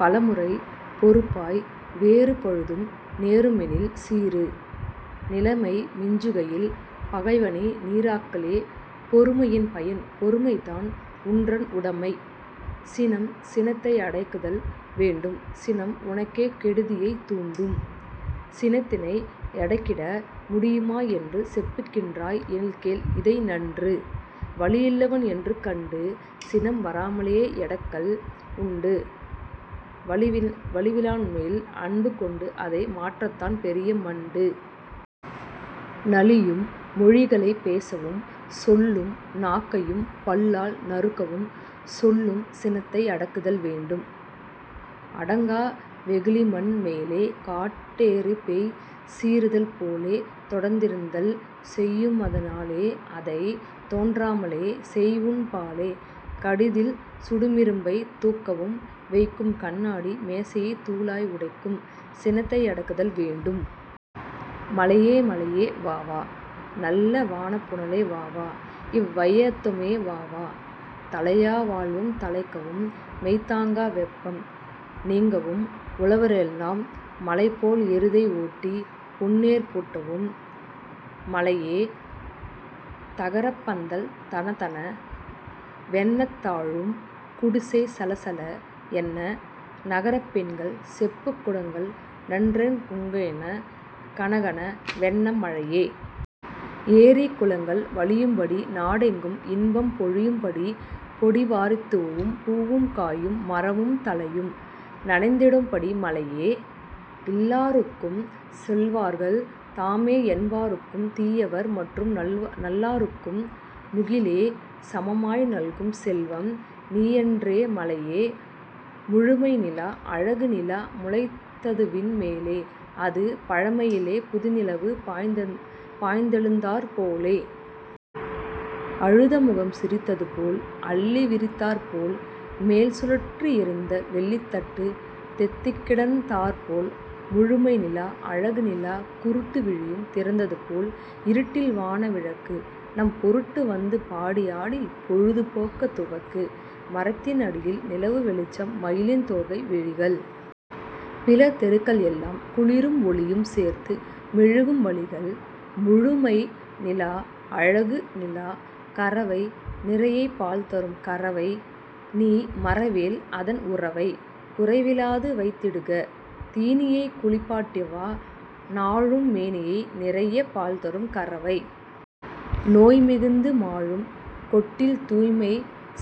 பலமுறை பொறுப்பாய் வேறு பழுதும் நேருமெனில் சீறு! நிலைமை மிஞ்சுகையில் பகைவனை நீறாக்கலே பொறுமையின் பயன் பொறுமைதான் உன்றன் உடைமை! சினம் சினத்தை யடக்குதல் வேண்டும் -- சினம் உனக்கே கெடுதியைத் தூண்டும்! சினத்தினை யடக்கிட முடியுமா என்று செப்புகின்றாய் எனில்கேள் இதை நன்று। வலிவுள்ளவன் என்று கண்டு -- சினம் வாராமலே யடக்கல் உண்டு; வலிவிலான்மேல் அன்பு கொண்டு -- அதை மாற்றாதான் பெரிய மண்டு! நலியும் மொழிகளைப் பேசவும் சொல்லும் நாக்கையும் பல்லால் நறுக்கவும் சொல்லும் சினத்தை யடக்குதல் வேண்டும்! அடங்கா வெகுளிமண் மேலே -- காட் டாறுபோய்ச் சீறுதல் போலே, தொடர்ந்தின்னல் செய்யுமதனாலே -- அதைத் தோன்றாமலே செய்உன் பாலே! கடிதில் சுடுமிரும்பைத் தூக்கவும் வைக்கும் கண்ணாடி மேசையைத் தூளாய் உடைக்கும் சினத்தை யடக்குதல் வேண்டும்! மழையே மழையே வா வா -- நல்ல வானப்புனலே வா வா! --இவ் வையத்தமுதே வாவா! தழையா வாழ்வும் தழைக்கவும் -- மெய் தாங்கா வெப்பம் நீங்கவும் உழுவாரெல்லாம் மலைபோல் எருதை ஓட்டிப் பொன்னேர் பூட்டவும் மழையே... தகரப்பந்தல் தணதண வென்னத் தாழும் குடிசை சளசள என்ன நகரப்பெண்கள் செப்புக் குடங்கள் நன்றெங் குங்கண கணகண வென்ன மழையே... ஏரி குளங்கள் வழியும்படி, நா டெங்கும் இன்பம் பொழியும்படி, பொடி வாரித்தூவும் பூவும் காயும் மரமும் தழையும் நனைந்திடும்படி மழையே... இல்லாருக்கும், செல்வர்கள் தாமே என்பாருக்கும், தீயவர் மற்றும் நல்லாருக்கும் முகிலே சமமாய் நல்கும் செல்வம் நீயேயன்றோ? மழையே... முழுமை நிலா! அழகு நிலா! முளைத்ததுவிண் மேலே --அது பழைமையிலே புதுநினைவு பாய்ந்தெழுந்தாற் போலே! அழுதமுகம் சிரித்ததுபோல் அல்லி விரித்தாற் போல் -- மேல் சுழற்றி எறிந்த வெள்ளித்தட்டுத் தொத்திக்கிடந் தாற்போல் முழுமை நிலா! அழகு நிலா! குருட்டு விழியும் திறந்ததுபோல் இருட்டில் வான விளக்கு! -- நம் பொருட்டு வந்ததுபாடி ஆடிப் பொழுது போக்கத் துவக்கு! மரத்தின் அடியில் நிலவு வெளிச்சம் மயிலின் தோகை விழிகள்! -- பிற தெருக்கள் எல்லாம் குளிரும் ஒளியும் சேர்த்து மெழுகும் வழிகள்! முழுமை நிலா! அழகு நிலா! கறவை நிறையப் பால் தரும் கறவை -- நீ மறவேல் அதன் உறவை! குறைவிலாது வைத் திடுக தீனியைக் குளிப் பாட்டிவா நாளும் மேனியை! நிறையப் பால்தரும் கறவை! நோய் மிகுத்து மாளும்! -- கொட்டில் தூய்மை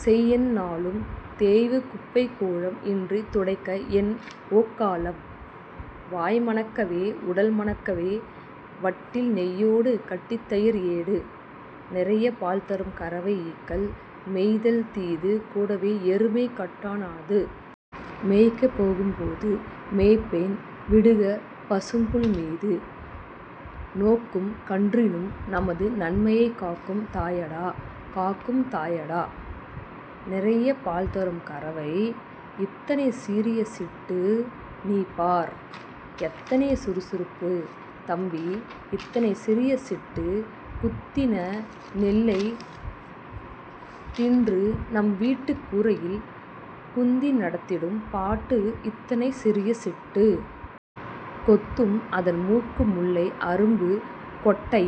செய்எந் நாளும்! தோய்வு குப்பை கூளம் -- இன்றித் துடைக்க என் ஓக்காளம்? வாய் மணக்கவே, உடல் மணக்கவே வட்டில் நெய்யோடு கட்டித்தயிர் ஏடு நிறையப் பால்தரும் கறவை! ஈக்கள் மொய்த்தல் தீது! -- கூடவே எருமை கட்டொ ணாது! மேய்க்கப் போகும் போது -- மேய்ப்போன் விடுக பசும்புல் மீது! நோக்கும் கன்றினும், நமது நன்மையைக் காக்கும் தாயடா! காக்கும் தாயடா! நிறையப் பால்தரும் கறவை! இத்தனைச் சிறிய சிட்டு! -- நீபார்! எத்தனை சுறுசுறுப்பு! -- தம்பி இத்தனைச் சிறிய சிட்டு! குத்தின நெல்லைத் தின்றுநம் வீட்டுக் கூரையில் குந்தி நடத்திடும் பாட்டு இத்தனைச் சிறிய சிட்டு! கொத்தும் அதன்மூக்கு முல்லை அரும்பு கொட்டை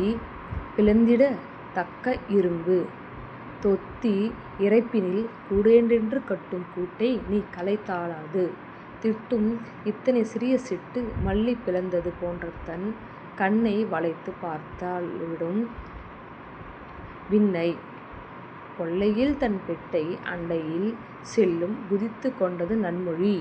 பிளந்திடத் தக்க இரும்பு! தொத்தி இறைப்பினில் கூடொன்று கட்டும் கூட்டை நீ கலைத் தாலது திட்டும்! இத்தனைச் சிறிய சிட்டு! மல்லி பிளந்தது போன்றதன் கண்ணை வளைத்துப் பார்த்த ளாவிடும் விண்ணை! கொல்லையில் தன் பெட்டை அண்டையில் செல்லும் குதித்துக் கொண்டது நன்மொழி